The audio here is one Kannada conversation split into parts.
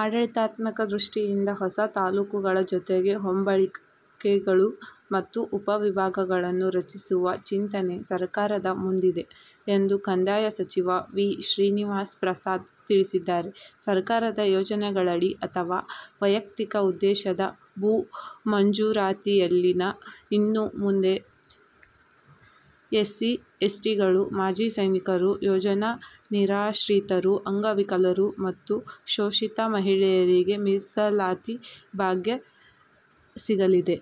ಆಡಳಿತಾತ್ಮಕ ದೃಷ್ಟಿಯಿಂದ ಹೊಸ ತಾಲೂಕಗಳ ಜೊತೆಗೆ ಹೋಬಳಿಗಳು ಮತ್ತು ಉಪ ವಿಭಾಗಗಳನ್ನು ರಚಿಸುವ ಚಿಂತನೆ ಸರ್ಕಾರದ ಮುಂದಿದೆ ಎಂದು ಕಂದಾಯ ಸಚಿವ ವಿ. ಶ್ರೀನಿವಾಸ ಪ್ರಸಾದ್ ತಿಳಿಸಿದ್ದಾರೆ. ಸರ್ಕಾರದ ಯೋಜನೆಗಳಡಿ ಅಥವಾ ವೈಯಕ್ತಿಕ ಉದ್ದೇಶದ ಭೂ ಮಂಜೂರಾತಿಯಲ್ಲಿ ಇನ್ನು ಮುಂದೆ ಎಸ್ಸಿ, ಎಸ್ಟಿಗಳು, ಮಾಜಿ ಸೈನಿಕರು, ಯೋಜನಾ ನಿರಾಶ್ರಿತರು, ಅಂಗವಿಕಲರು ಮತ್ತು ಶೋಷಿತ ಮಹಿಳೆಯರಿಗೆ "ಮೀಸಲಾತಿ ಭಾಗ್ಯ' ಸಿಗಲಿದೆ.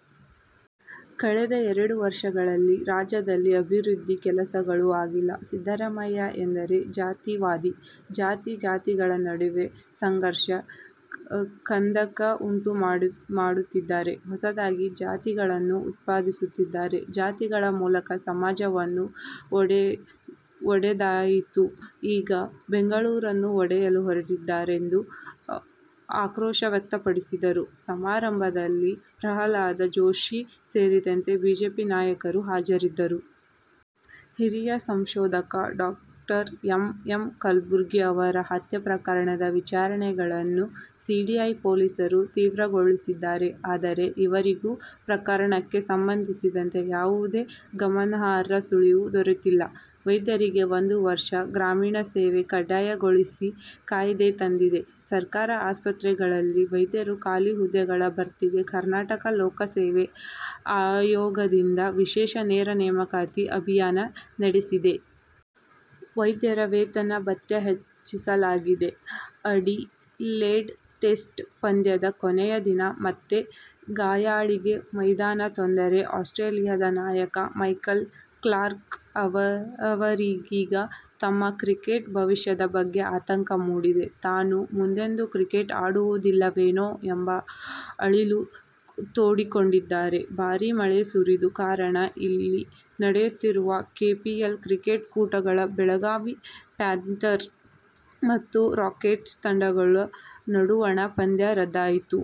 ಕಳೆದ ಎರಡು ವರ್ಷಗಳಲ್ಲಿ ರಾಜ್ಯದಲ್ಲಿ ಅಭಿವೃದ್ಧಿ ಕೆಲಸಗಳು ಆಗಿಲ್ಲ. ಸಿದ್ದರಾಮಯ್ಯ ಎಂದರೆ ಜಾತಿವಾದಿ. ಜಾತಿ ಜಾತಿಗಳ ನಡುವೆ ಸಂಘರ್ಷ, ಕಂದಕ ಉಂಟು ಮಾಡುತ್ತಿದ್ದಾರೆ. ಹೊಸದಾಗಿ ಜಾತಿಗಳನ್ನು ಉತ್ಪಾದಿಸುತ್ತಿದ್ದಾರೆ. ಜಾತಿಗಳ ಮೂಲಕ ಸಮಾಜವನ್ನು ಒಡೆದದ್ದಾಯಿತು. ಈಗ ಬೆಂಗಳೂರನ್ನು ಒಡೆಯಲು ಹೊರಟಿದ್ದಾರೆ ಎಂದು ಆಕ್ರೋಶ ವ್ಯಕ್ತಪಡಿಸಿದರು. ಸಮಾರಂಭದಲ್ಲಿ ಪ್ರಹ್ಲಾದ್ ಜೋಶಿ ಸೇರಿದಂತೆ ಬಿಜೆಪಿ ನಾಯಕರು ಹಾಜರಿದ್ದರು. ಹಿರಿಯ ಸಂಶೋಧಕ ಡಾ ಎಂ. ಎಂ. ಕಲಬುರ್ಗಿ ಅವರ ಹತ್ಯೆ ಪ್ರಕರಣದ ವಿಚಾರಣೆಯನ್ನು ಸಿಐಡಿ ಪೊಲೀಸರು ತೀವ್ರಗೊಳಿಸಿದ್ದಾರೆ. ಆದರೆ, ಈವರೆಗೂ ಪ್ರಕರಣಕ್ಕೆ ಸಂಬಂಧಿಸಿದಂತೆ ಯಾವುದೇ ಗಮನಾರ್ಹ ಸುಳಿವು ದೊರೆತಿಲ್ಲ. ವೈದ್ಯರಿಗೆ ಒಂದು ವರ್ಷದ ಗ್ರಾಮೀಣ ಸೇವೆ ಕಡ್ಡಾಯಗೊಳಿಸಿ ಕಾಯ್ದೆ ತಂದಿದೆ. ಸರ್ಕಾರಿ ಆಸ್ಪತ್ರೆಗಳಲ್ಲಿ ವೈದ್ಯರ ಖಾಲಿ ಹುದ್ದೆಗಳ ಭರ್ತಿಗೆ ಕರ್ನಾಟಕ ಲೋಕಸೇವಾ ಆಯೋಗದಿಂದ ವಿಶೇಷ ನೇರ ನೇಮಕಾತಿ ಅಭಿಯಾನ ನಡೆಸಿದೆ. ವೈದ್ಯರ ವೇತನ-ಭತ್ಯೆ ಹೆಚ್ಚಿಸಲಾಗಿದೆ. ಅಡಿಲೇಡ್ ಟೆಸ್ಟ್ ಪಂದ್ಯದ ಕೊನೆಯ ದಿನ ಮತ್ತೆ ಗಾಯಾಳಾಗಿ ಮೈದಾನ ತೊರೆದ ಆಸ್ಟ್ರೇಲಿಯದ ನಾಯಕ ಮೈಕಲ್ ಕ್ಲಾರ್ಕ್ ಅವರಿಗೀಗ ತಮ್ಮ ಕ್ರಿಕೆಟ್ ಭವಿಷ್ಯದ ಬಗ್ಗೆ ಆತಂಕ ಮೂಡಿದೆ. ತಾನು ಮುಂದೆಂದೂ ಕ್ರಿಕೆಟ್ ಆಡುವುದಿಲ್ಲವೇನೋ ಎಂಬ ಅಳಲು ತೋಡಿಕೊಂಡಿದ್ದಾರೆ. ಭಾರೀ ಮಳೆ ಸುರಿದ ಕಾರಣ ಇಲ್ಲಿ ನಡೆಯುತ್ತಿರುವ ಕೆಪಿಎಲ್ ಕ್ರಿಕೆಟ್ ಕೂಟದ ಬೆಳಗಾವಿ ಪ್ಯಾಂಥರ್ ಮತ್ತು ರಾಕ್ಸ್ಟಾರ್ ತಂಡಗಳ ನಡುವಣ ಪಂದ್ಯ ರದ್ದಾಯಿತು.